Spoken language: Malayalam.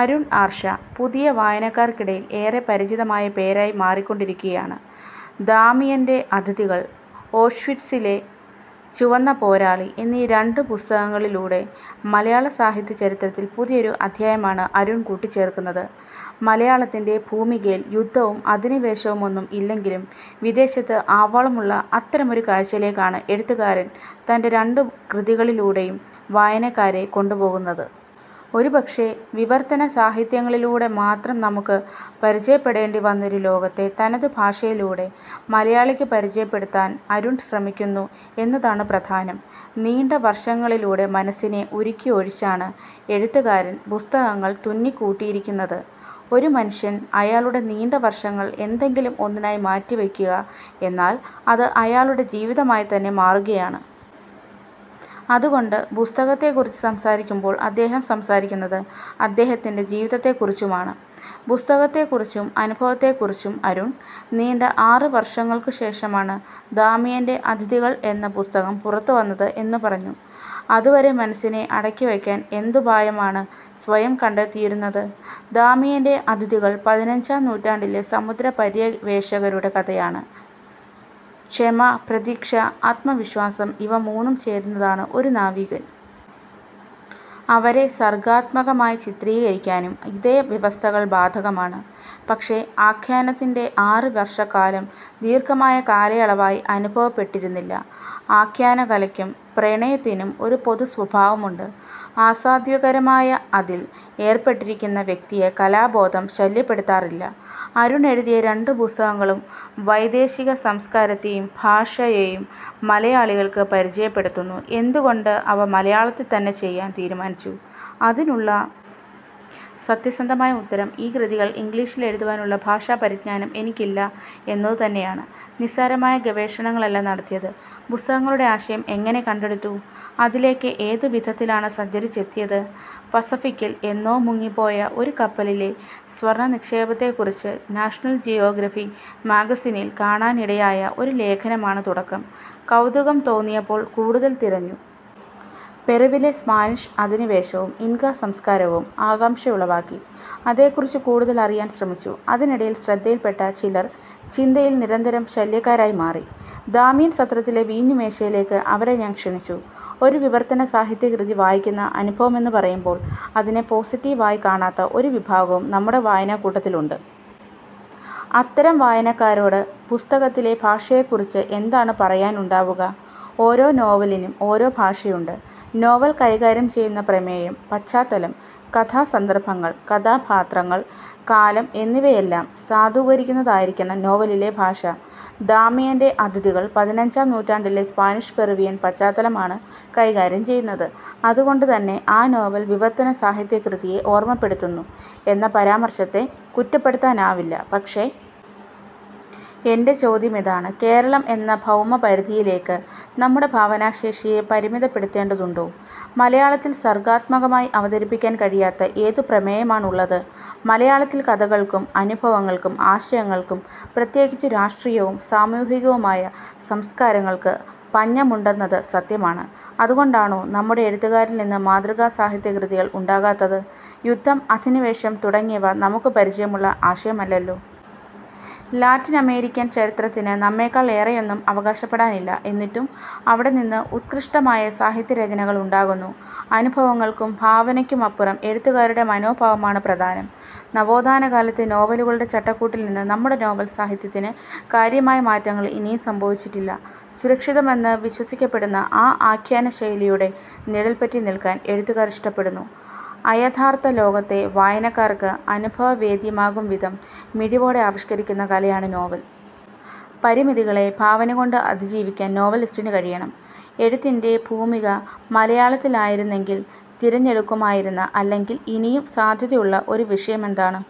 അരുൺ ആർഷ, പുതിയ വായനക്കാർക്കിടയിൽ ഏറെ പരിചിതമായ പേരായി മാറിക്കൊണ്ടിരിക്കുകയാണ്. ദാമിയൻ്റെ അതിഥികൾ, ഓഷ്വിറ്റ്സിലെ ചുവന്ന പോരാളി എന്നീ രണ്ടു പുസ്തകങ്ങളിലൂടെ മലയാള സാഹിത്യ ചരിത്രത്തിൽ പുതിയൊരു അധ്യായമാണ് അരുൺ കൂട്ടിച്ചേർക്കുന്നത്. മലയാളത്തിൻ്റെ ഭൂമികയിൽ യുദ്ധവും അധിനിവേശവുമൊന്നും ഇല്ലെങ്കിലും വിദേശത്ത് ആവോളമുള്ള അത്തരമൊരു കാഴ്ചയിലേക്കാണ് എഴുത്തുകാരൻ തൻ്റെ രണ്ടു കൃതികളിലൂടെയും വായനക്കാരെ കൊണ്ടുപോകുന്നത്. ഒരുപക്ഷേ വിവർത്തന സാഹിത്യങ്ങളിലൂടെ മാത്രം നമുക്ക് പരിചയപ്പെടേണ്ടി വന്നൊരു ലോകത്തെ തനതു ഭാഷയിലൂടെ മലയാളിക്ക് പരിചയപ്പെടുത്താൻ അരുൺ ശ്രമിക്കുന്നു എന്നതാണ് പ്രധാനം. നീണ്ട വർഷങ്ങളിലൂടെ മനസ്സിനെ ഉരുക്കിയൊഴിച്ചാണ് എഴുത്തുകാരൻ പുസ്തകങ്ങൾ തുന്നിക്കൂട്ടിയിരിക്കുന്നത്. ഒരു മനുഷ്യൻ അയാളുടെ നീണ്ട വർഷങ്ങൾ എന്തെങ്കിലും ഒന്നിനായി മാറ്റിവയ്ക്കുക എന്നാൽ അത് അയാളുടെ ജീവിതമായിത്തന്നെ മാറുകയാണ്. അതുകൊണ്ട് പുസ്തകത്തെക്കുറിച്ച് സംസാരിക്കുമ്പോൾ അദ്ദേഹം സംസാരിക്കുന്നത് അദ്ദേഹത്തിൻ്റെ ജീവിതത്തെക്കുറിച്ചുമാണ്. പുസ്തകത്തെക്കുറിച്ചും അനുഭവത്തെക്കുറിച്ചും അരുൺ. നീണ്ട ആറ് വർഷങ്ങൾക്കുശേഷമാണ് ദാമിയൻ്റെ അതിഥികൾ എന്ന പുസ്തകം പുറത്തുവന്നത് എന്നു പറഞ്ഞു. അതുവരെ മനസ്സിനെ അടക്കിവയ്ക്കാൻ എന്തുപായമാണ് സ്വയം കണ്ടെത്തിയിരുന്നത്? ദാമിയൻ്റെ അതിഥികൾ പതിനഞ്ചാം നൂറ്റാണ്ടിലെ സമുദ്ര പര്യവേക്ഷകരുടെ കഥയാണ്. ക്ഷമ, പ്രതീക്ഷ, ആത്മവിശ്വാസം ഇവ മൂന്നും ചേരുന്നതാണ് ഒരു നാവികൻ. അവരെ സർഗ്ഗാത്മകമായി ചിത്രീകരിക്കാനും ഇതേ വ്യവസ്ഥകൾ ബാധകമാണ്. പക്ഷേ ആഖ്യാനത്തിൻ്റെ ആറ് വർഷക്കാലം ദീർഘമായ കാലയളവായി അനുഭവപ്പെട്ടിരുന്നില്ല. ആഖ്യാനകലയ്ക്കും പ്രണയത്തിനും ഒരു പൊതുസ്വഭാവമുണ്ട്. ആസ്വാദ്യകരമായി അതിൽ ഏർപ്പെട്ടിരിക്കുന്ന വ്യക്തിയെ കാലബോധം ശല്യപ്പെടുത്താറില്ല. അരുൺ എഴുതിയ രണ്ടു പുസ്തകങ്ങളും വൈദേശിക സംസ്കാരത്തെയും ഭാഷയെയും മലയാളികൾക്ക് പരിചയപ്പെടുത്തുന്നു. എന്തുകൊണ്ട് അവ മലയാളത്തിൽത്തന്നെ ചെയ്യാൻ തീരുമാനിച്ചു? അതിനുള്ള സത്യസന്ധമായ ഉത്തരം ഈ കൃതികൾ ഇംഗ്ലീഷിൽ എഴുതുവാനുള്ള ഭാഷാപരിജ്ഞാനം എനിക്കില്ല എന്നതുതന്നെയാണ്. നിസ്സാരമായ ഗവേഷണങ്ങളല്ല നടത്തിയത്. പുസ്തകങ്ങളുടെ ആശയം എങ്ങനെ കണ്ടെടുത്തു? അതിലേക്ക് ഏതു വിധത്തിലാണ് സഞ്ചരിച്ചെത്തിയത്? പസഫിക്കിൽ എന്നോ മുങ്ങിപ്പോയ ഒരു കപ്പലിലെ സ്വർണനിക്ഷേപത്തെക്കുറിച്ച് നാഷനൽ ജിയോഗ്രഫി മാഗസിനിൽ കാണാനിടയായ ഒരു ലേഖനമാണ് തുടക്കം. കൗതുകം തോന്നിയപ്പോൾ കൂടുതൽ തിരഞ്ഞു. പെറുവിലെ സ്പാനിഷ് അധിനിവേശവും ഇൻകാ സംസ്കാരവും ആകാംക്ഷയുളവാക്കി. അതേക്കുറിച്ച് കൂടുതൽ അറിയാൻ ശ്രമിച്ചു. അതിനിടയിൽ ശ്രദ്ധയിൽപ്പെട്ട ചിലർ ചിന്തയിൽ നിരന്തരം ശല്യക്കാരായി മാറി. ദാമിയൻ സത്രത്തിലെ വീഞ്ഞുമേശയിലേക്ക് അവരെ ഞാൻ ക്ഷണിച്ചു. ഒരു വിവർത്തന സാഹിത്യകൃതി വായിക്കുന്ന അനുഭവമെന്നു പറയുമ്പോൾ അതിനെ പോസിറ്റീവായി കാണാത്ത ഒരു വിഭാഗവും നമ്മുടെ വായനക്കൂട്ടത്തിലുണ്ട്. അത്തരം വായനക്കാരോട് പുസ്തകത്തിലെ ഭാഷയെക്കുറിച്ച് എന്താണു പറയാനുണ്ടാവുക? ഓരോ നോവലിനും ഓരോ ഭാഷയുണ്ട്. നോവൽ കൈകാര്യം ചെയ്യുന്ന പ്രമേയം, പശ്ചാത്തലം, കഥാസന്ദർഭങ്ങൾ, കഥാപാത്രങ്ങൾ, കാലം എന്നിവയെല്ലാം സാധൂകരിക്കുന്നതായിരിക്കണം നോവലിലെ ഭാഷ. ദാമിയൻ്റെ അതിഥികൾ പതിനഞ്ചാം നൂറ്റാണ്ടിലെ സ്പാനിഷ് പെറുവിയൻ പശ്ചാത്തലമാണ് കൈകാര്യം ചെയ്യുന്നത്. അതുകൊണ്ടുതന്നെ ആ നോവൽ വിവർത്തന സാഹിത്യകൃതിയെ ഓർമപ്പെടുത്തുന്നു എന്ന പരാമർശത്തെ കുറ്റപ്പെടുത്താനാവില്ല. പക്ഷേ എൻ്റെ ചോദ്യമിതാണ്. കേരളം എന്ന ഭൗമപരിധിയിലേക്ക് നമ്മുടെ ഭാവനാശേഷിയെ പരിമിതപ്പെടുത്തേണ്ടതുണ്ടോ? മലയാളത്തിൽ സർഗ്ഗാത്മകമായി അവതരിപ്പിക്കാൻ കഴിയാത്ത ഏതു പ്രമേയമാണുള്ളത്? മലയാളത്തിൽ കഥകൾക്കും അനുഭവങ്ങൾക്കും ആശയങ്ങൾക്കും പ്രത്യേകിച്ച് രാഷ്ട്രീയവും സാമൂഹികവുമായ സംസ്കാരങ്ങൾക്ക് പഞ്ഞമുണ്ടെന്നത് സത്യമാണ്. അതുകൊണ്ടാണോ നമ്മുടെ എഴുത്തുകാരിൽനിന്ന് മാതൃകാ സാഹിത്യകൃതികൾ ഉണ്ടാകാത്തത്? യുദ്ധം, അധിനിവേശം തുടങ്ങിയവ നമുക്ക് പരിചയമുള്ള ആശയമല്ലല്ലോ. ലാറ്റിനമേരിക്കൻ ചരിത്രത്തിന് നമ്മേക്കാൾ ഏറെയൊന്നും അവകാശപ്പെടാനില്ല. എന്നിട്ടും അവിടെനിന്ന് ഉത്കൃഷ്ടമായ സാഹിത്യരചനകൾ ഉണ്ടാകുന്നു. അനുഭവങ്ങൾക്കും ഭാവനയ്ക്കുമപ്പുറം എഴുത്തുകാരുടെ മനോഭാവമാണ് പ്രധാനം. നവോത്ഥാനകാലത്തെ നോവലുകളുടെ ചട്ടക്കൂട്ടിൽനിന്ന് നമ്മുടെ നോവൽ സാഹിത്യത്തിന് കാര്യമായ മാറ്റങ്ങൾ ഇനിയും സംഭവിച്ചിട്ടില്ല. സുരക്ഷിതമെന്ന് വിശ്വസിക്കപ്പെടുന്ന ആ ആഖ്യാനശൈലിയുടെ നിഴൽപറ്റി നിൽക്കാൻ എഴുത്തുകാർ ഇഷ്ടപ്പെടുന്നു. അയഥാർഥ ലോകത്തെ വായനക്കാർക്ക് അനുഭവവേദ്യമാകുംവിധം മിഴിവോടെ ആവിഷ്കരിക്കുന്ന കലയാണ് നോവൽ. പരിമിതികളെ ഭാവനകൊണ്ട് അതിജീവിക്കാൻ നോവലിസ്റ്റിന് കഴിയണം. എഴുത്തിൻ്റെ ഭൂമിക മലയാളത്തിലായിരുന്നെങ്കിൽ തിരഞ്ഞെടുക്കുമായിരുന്ന, അല്ലെങ്കിൽ ഇനിയും സാധ്യതയുള്ള ഒരു വിഷയമെന്താണ്?